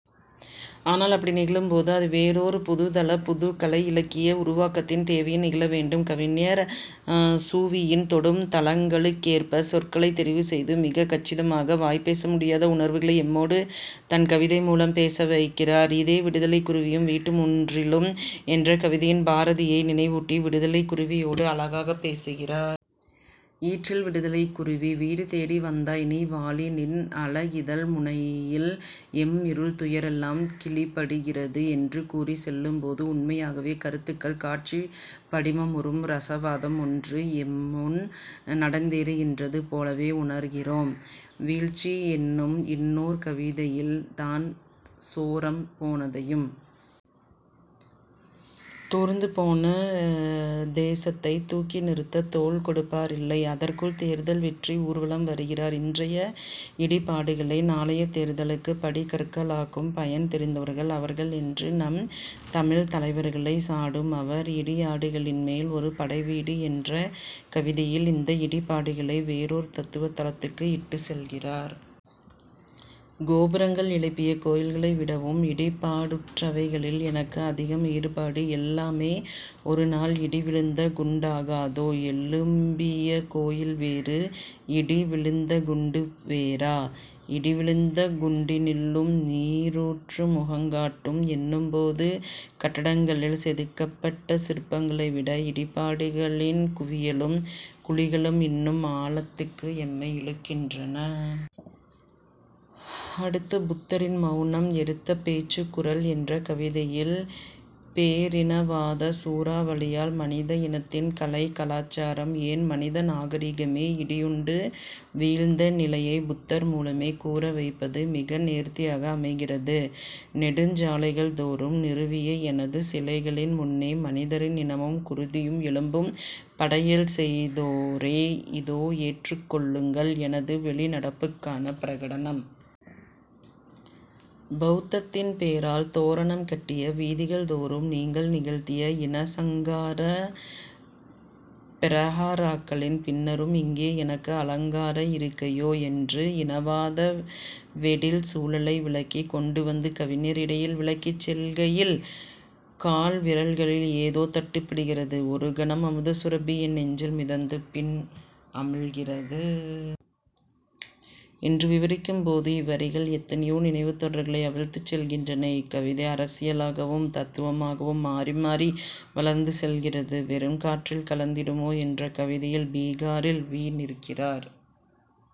ஆனால் அப்படி நிகழும்போது அது வேறோர் புதுத்தள புதுக்கலை இலக்கிய உருவாக்கத்தின் தேவையின் நிகழ வேண்டும். கவிஞர் அ சு. வி. யின் தொடும் தளங்களுக்கேற்பச் சொற்களைத் தெரிவுசெய்து மிகக்கச்சிதமாக வாய்பேச முடியாத உணர்வுகளை எம்மோடு தன் கவிதை மூலம் பேசவைக்கிறார். இதே விடுதலைக் குருவியும் வீட்டு முன்றிலும் என்ற கவிதையில் பாரதியை நினைவூட்டி விடுதலைக் குருவியோடு அழகாகப் பேசுகிறார். ஈற்றில் விடுதலைக் குருவீ! வீடுதேடி வந்தாய் நீ வாழி நின் அலகிதழ் முனையில் எம் இருள் துயரெல்லாம் கிழிபடுகிறது என்று கூறிச் செல்லும்போது உண்மையாகவே கருத்துக்கள் காட்சிப் படிமமுறும் ரசவாதம் ஒன்று எம்முன் நடந்தேறுகின்றது போலவே உணர்கிறோம். வீழ்ச்சி என்னும் இன்னோர் கவிதையில் தான் சோரம் போனதையும் தூர்ந்து போன தேசத்தைத் தூக்கி நிறுத்தத் தோள் கொடுப்பாரில்லை. அதற்குள் தேர்தல் வெற்றி ஊர்வலம் வருகிறார் இன்றைய இடிபாடுகளை நாளைய தேர்தலுக்கு படிக்கற்களாக்கும் பயன் தெரிந்தவர்கள் அவர்கள் என்று நம் தமிழ்த் தலைவர்களைச் சாடும் அவர் இடிபாடுகளின்மேல் ஒரு படைவீடு என்ற கவிதையில் இந்த இடிபாடுகளை வேறோர் தத்துவத்தளத்துக்கு இட்டுச் செல்கிறார். கோபுரங்கள் எழுப்பிய கோயில்களை விடவும் இடிபாடுற்றவைகளில் எனக்கு அதிகம் ஈடுபாடு எல்லாமே ஒரு நாள் இடிவிழுந்த குண்டாகாதோ? எழும்பிய கோயில் வேறு. இடிவிழுந்தகுண்டு வேறா? இடிவிழுந்த குண்டினுள்ளும் நீருற்று முகங்காட்டும். என்னும்போது கட்டடங்களில் செதுக்கப்பட்ட சிற்பங்களை விட இடிபாடுகளின் குவியலும் குழிகளும் இன்னும் ஆழத்துக்கு எம்மை இழுக்கின்றன. அடுத்து புத்தரின் மௌனம் எடுத்த பேச்சுக் குரல் என்ற கவிதையில் பேரினவாதச் சூறாவளியால் மனித இனத்தின் கலை கலாசாரம் ஏன் மனித நாகரிகமே இடியுண்டு வீழ்ந்த நிலையை புத்தர் மூலமே கூறவைப்பது மிக நேர்த்தியாக அமைகிறது. நெடுஞ் சாலைகள்தோறும் நிறுவிய எனது சிலைகளின் முன்னே மனிதரின் நிணமும் குருதியும் எலும்பும் படையல் செய்தோரே இதோ ஏற்றுக் கொள்ளுங்கள் எனது வெளிநடப்புக்கான பிரகடனம். பௌத்தத்தின் பேரால் தோரணம் கட்டிய வீதிகள் தோறும் நீங்கள் நிகழ்த்திய இன சங்காரப் பெரஹராக்களின் பின்னரும் இங்கே எனக்கு அலங்கார இருக்கையோ? என்று இனவாத வெடில் சூழலை விளக்கிக் கொண்டு வரும் கவிஞர் இடையில் விலகி செல்கையில் கால்விரல்களில் ஏதோ தட்டுப்படுகிறது. ஒரு கணம் அமுத சுரபி என் நெஞ்சில் மிதந்து பின் அமிழ்கிறது. என்று விவரிக்கும் போது இவ்வரிகள் எத்தனையோ நினைவுத் தொடர்களை அவிழ்த்துச் செல்கின்றன. இக்கவிதை அரசியலாகவும், தத்துவமாகவும் மாறி மாறி வளர்ந்து செல்கிறது. வெறுங் காற்றில் கலந்திடுமோ என்ற கவிதையில் பீகாரில் வி. நிற்கிறார்.